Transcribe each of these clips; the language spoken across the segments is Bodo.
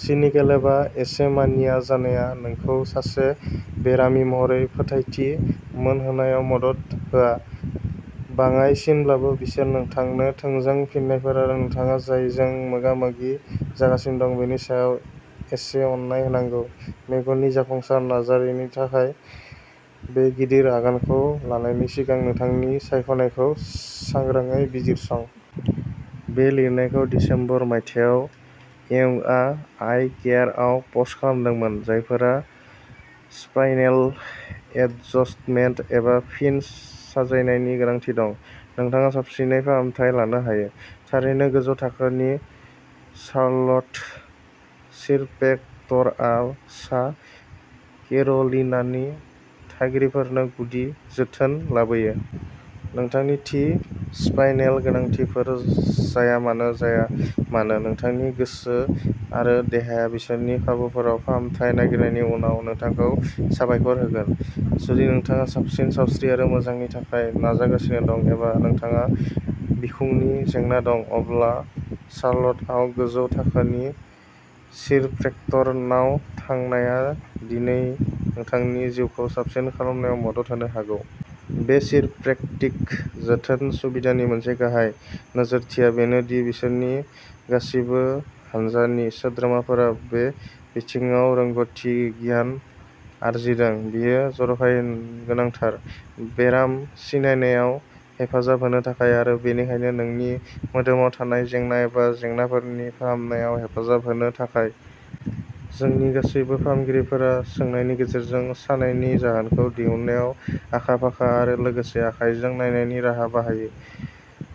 सिनिकेल एबा एसे मानिया जानाया नोंखौ सासे बेरामि महरै फोथायथि मोनहोनायाव मदद होआ। बाङांइसिनब्लाबो, बिसोर नोंथांनो थोंजों फिन्नायफोर आरो नोंथांङा जायजों मोगा-मोगि जागासिनो दं बेनि सायाव एसे अननाय होनांगौ। मेगननि जाफुंसार सार्जारिनि थाखाय बे गिदिर आगानखौ लानायनि सिगां नोंथांनि सायख'नायखौ सांग्रांङै बिजिरसं। बे लिरनायखौ दिसेम्बर, मायथाइयाव यंगआ आइ केयारआव पस्ट खालामदोंमोन। जायफोरा स्पाइनेल एडजस्टमेन्ट एबा फिन साजायनायनि गोनांथि दं, नोंथांङा साबसिनै फाहामथाय लानो हायो। थारैनो, गोजौ थाखोनि शार्लट चिरप्रेक्टरआ सा केर'लिनानि थागिरिफोरनो गुदि जोथोन लाबोयो। नोंथांनि थि स्पाइनेल गोनांथिफोर जायामानो जाया मानो, नोंथांनि गोसो आरो देहाया बिसोरनि खाबुफोराव फाहामथाय नागिरनायनि उनाव नोंथांखौ साबायखर होगोन। जुदि नोंथांङा साबसिन सावस्रि आरो मोजांनि थाखाय नाजागासिनो दं एबा नोंथांहा बिखुंनि जेंना दं, अब्ला शार्लटआव गोजौ थाखोनि चिरप्रेक्टरनाव थांनाया दिनै नोंथांनि जिउखौ साबसिन खालामनायाव मदद होनो हागौ। बे चिरप्रेक्टिक जोथोन सुबिदानि मोनसे गाहाय नोजोरथिआ बेनो दि बिसोरनि गासिबो हानजानि सोद्रोमाफोरा बे बिथिंङाव रोंग'थि गियान आरजिदों। बेयो जर'खायै गोनांथार। बेराम सिनायनायाव हेफाजाब होनो थाखाय आरो बेनिखायनो नोंनि मोदोमाव थानाय जेंना एबा जेंनाफोरनि फाहामनायाव हेफाजाब होनो थाखाय। जोंनि गासैबो फाहामगिरिफोरा सोंनायनि गेजेरजों सानायनि जाहोनखौ दिहुननायाव आखा-फाखा आरो लोगोसे आखायजों नायनायनि राहा बाहायो।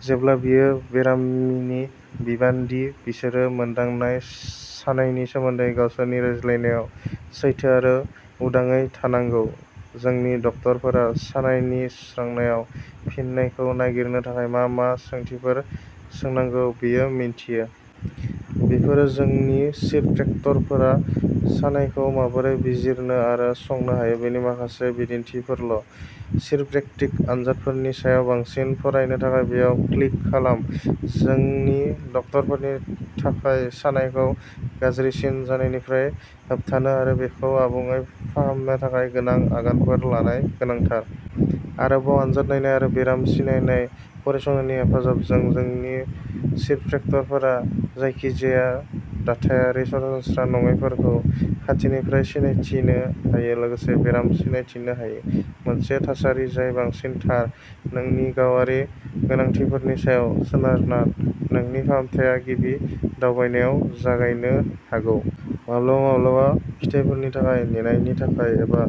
जेब्ला बेयो बेरामिनि बिबान दि बिसोरो मोनदांनाय सानायनि सोमोन्दै गावसोरनि रायज्लायनायाव सैथो आरो उदांङै थानांगौ, जोंनि डाक्टारफोरा सानायनि सुस्रांनायाव फिननायखौ नागिरनो थाखाय मा-मा सोंथिफोर सोंनांगौ बियो मिन्थियो। बेफोरो जोंनि चिरप्रेक्टरफोरा सानायखौ माबोरै बिजिरनो आरो संनो हायो बेनि माखासे बिदिन्थिफोरल'। चिरप्रेक्टिक आनजादफोरनि सायाव बांसिन फरायनो थाखाय बेयाव क्लिक खालाम। जोंनि डक्टरफोरनि थाखाय सानायखौ गाज्रिसिन जानायनिफ्राय होबथानो आरो बेखौ आबुंङै फाहामनो थाखाय गोनां आगानफोर लानाय गोनांथार। आरोबाव आनजाद नायनाय आरो बेराम सिनायनाय फरायसंनायनि हेफाजाबजों, जोंनि चिरप्रेक्टरफोरा जायखिजाया दाथायारि सरासनस्रा नंङैफोरखौ खाथिनिफ्राय सिनायथिनो हायो लोगोसे बेराम सिनायथिनो हायो। मोनसे थासारि जाय बांसिन थार। नोंनि गावारि गोनांथिफोरनि सायाव सोनारना, नोंनि फाहामथाया गिबि दावबायनायाव जागायनो हागौ। माब्लाबा माब्लाबा फिथायफोरनि थाखाय नेनायनि थाखाय एबा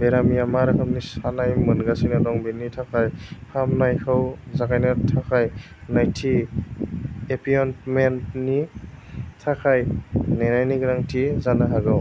बेरामिया मा रोखोमनि सानाय मोनगासिनो दं बिनि थाखाय फाहामनायखौ जागायनो थाखाय नैथि एपइन्टमेन्टनि थाखाय नेनायनि गोनांथि जानो हागौ।